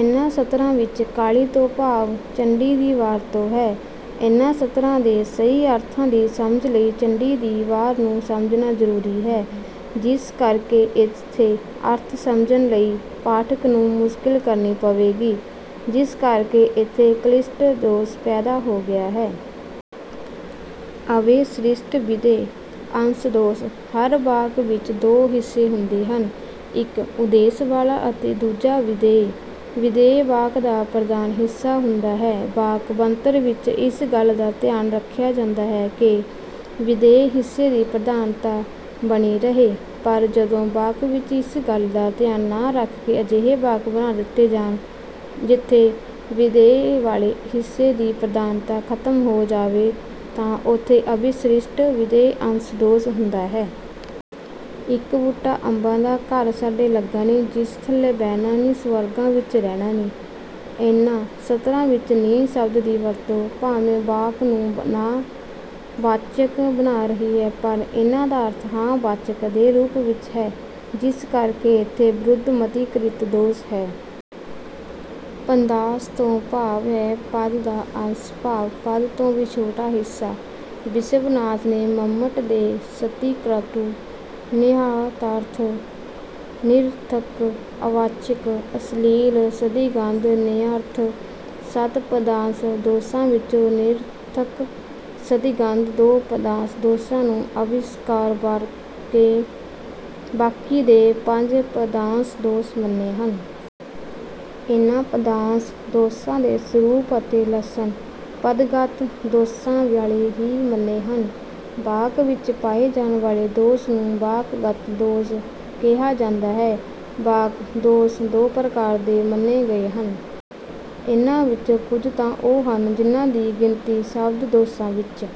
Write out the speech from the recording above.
ਇਨ੍ਹਾਂ ਸਤਰਾਂ ਵਿੱਚ 'ਕਾਲੀ' ਤੋਂ ਭਾਵ 'ਚੰਡੀ ਦੀ ਵਾਰ' ਤੋਂ ਹੈ। ਇਨ੍ਹਾਂ ਸਤਰਾਂ ਦੇ ਸਹੀ ਅਰਥਾਂ ਦੀ ਸਮਝ ਲਈ ਚੰਡੀ ਦੀ ਵਾਰ ਨੂੰ ਸਮਝਣਾ ਜ਼ਰੂਰੀ ਹੈ ਜਿਸ ਕਰਕੇ ਇਥੇ ਅਰਥ ਸਮਝਣ ਲਈ ਪਾਠਕ ਨੂੰ ਮੁਸ਼ਕਲ ਕਰਨੀ ਪਵੇਗੀ, ਜਿਸ ਕਰਕੇ ਇਥੇ ਕਲਿਸ਼ਟ ਦੋਸ਼ ਪੈਦਾ ਹੋ ਗਿਆ ਹੈ। ਅਵਿਸ੍ਰਿਸ਼ਟਵਿਧੇਯ ਅੰਸ਼ ਦੋਸ਼: ਹਰ ਵਾਕ ਵਿੱਚ ਦੋ ਹਿੱਸੇ ਹੁੰਦੇ ਹਨ- ਇੱਕ ਉਦੇਸ਼ ਵਾਲਾ ਅਤੇ ਦੂਜਾ ਵਿਧੇਯ। ਵਿਧੇਯ ਵਾਕ ਦਾ ਪ੍ਰਧਾਨ ਹਿੱਸਾ ਹੁੰਦਾ ਹੈ। ਵਾਕ ਬਣਤਰ ਵਿੱਚ ਇਸ ਗੱਲ ਦਾ ਧਿਆਨ ਰੱਖਿਆ ਜਾਂਦਾ ਹੈ ਕਿ ਵਿਧੇਯ ਹਿੱਸੇ ਦੀ ਪ੍ਰਧਾਨਤਾ ਬਣੀ ਰਹੇ, ਪਰ ਜਦੋਂ ਵਾਕ ਵਿੱਚ ਇਸ ਗੱਲ ਦਾ ਧਿਆਨ ਨਾ ਰੱਖ ਕੇ ਅਜਿਹੇ ਵਾਕ ਬਣਾ ਦਿੱਤੇ ਜਾਣ ਜਿਥੇ ਵਿਧੇਯ ਵਾਲੇ ਹਿੱਸੇ ਦੀ ਪ੍ਰਧਾਨਤਾ ਖ਼ਤਮ ਹੋ ਜਾਵੇ ਤਾਂ ਉਥੇ ਅਵਿਸ੍ਰਿਸ਼ਟਵਿਧੇਯ ਅੰਸ਼ ਦੋਸ਼ ਹੁੰਦਾ ਹੈ। ਉਦਾਹਰਣ- ਇਕ ਬੂਟਾ ਅੰਬਾ ਦਾ ਘਰ ਸਾਡੇ ਲਗਾ ਨੀ ਜਿਸ ਥਲੇ ਬਹਿਣਾ ਨੀ ਸੁਰਗਾ ਵਿੱਚ ਰਹਿਣਾ ਨੀ। ਇਨ੍ਹਾਂ ਸਤਰਾਂ ਵਿੱਚ 'ਨੀ' ਸ਼ਬਦ ਦੀ ਵਰਤੋਂ ਭਾਵੇਂ ਵਾਕ ਨੂੰ ਨਾਂਹ ਵਾਚਕ ਬਣਾ ਰਹੀ ਹੈ। ਪਰ ਇਨ੍ਹਾਂ ਦਾ ਅਰਥ ਹਾਂ-ਵਾਚਕ ਦੇ ਰੂਪ ਵਿੱਚ ਹੈ ਜਿਸ ਕਰਕੇ ਇਥੇ ਵਿਰੁੱਧਮਤੀਕ੍ਰਿਤ ਦੋਸ਼ ਹੈ। ਪਦਾਂਸ਼ ਤੋਂ ਭਾਵ ਹੈ ਪਦ ਦਾ ਅੰਸ਼ ਭਾਵ ਪਦ ਤੋਂ ਵੀ ਛੋਟਾ ਹਿੱਸਾ। ਵਿਸ਼ਵਨਾਥ ਨੇ ਮੰਮਟ ਦੇ ਸ਼੍ਰਤੀਕਟੁ, ਨਿਹਿਤਾਰਥ, ਨਿਰਰਥਕ, ਅਵਾਚਕ, ਅਸ਼ਲੀਲ, ਸੰਦਿਗਧ, ਨੇਯਾਰਥ- ਸੱਤ ਪਦਾਂਸ਼ ਦੋਸ਼ਾਂ ਵਿੱਚੋਂ ਨਿਰਰਥਕ, ਸੰਦਿਗਧ ਦੋ ਪਦਾਂਸ਼ ਦੋਸ਼ਾਂ ਨੂੰ ਅਸਵੀਕਾਰ ਕਰਕੇ ਬਾਕੀ ਦੇ ਪੰਜ 'ਪਦਾਂਸ਼ ਦੋਸ਼' ਮੰਨੇ ਹਨ। ਇਨ੍ਹਾਂ ਪਦਾਂਸ਼ ਦੋਸ਼ਾਂ ਦੇ ਸਰੂਪ ਅਤੇ ਲੱਛਣ ਪਦਗਤ ਦੋਸ਼ਾਂ ਵਾਲੇ ਹੀ ਮੰਨੇ ਹਨ। ਵਾਕ ਵਿੱਚ ਪਾਏ ਜਾਣ ਵਾਲੇ ਦੋਸ਼ ਨੂੰ ਵਾਕਗਤ ਦੋਸ਼ ਕਿਹਾ ਜਾਂਦਾ ਹੈ। ਵਾਕ ਦੋਸ਼ ਦੋ ਪ੍ਰਕਾਰ ਦੇ ਮੰਨੇ ਗਏ ਹਨ- ਇਨ੍ਹਾਂ ਵਿੱਚੋਂ ਕੁੱਝ ਤਾਂ ਉਹ ਹਨ ਜਿਨ੍ਹਾਂ ਦੀ ਗਿਣਤੀ ਸ਼ਬਦ ਦੋਸ਼ਾਂ ਵਿੱਚ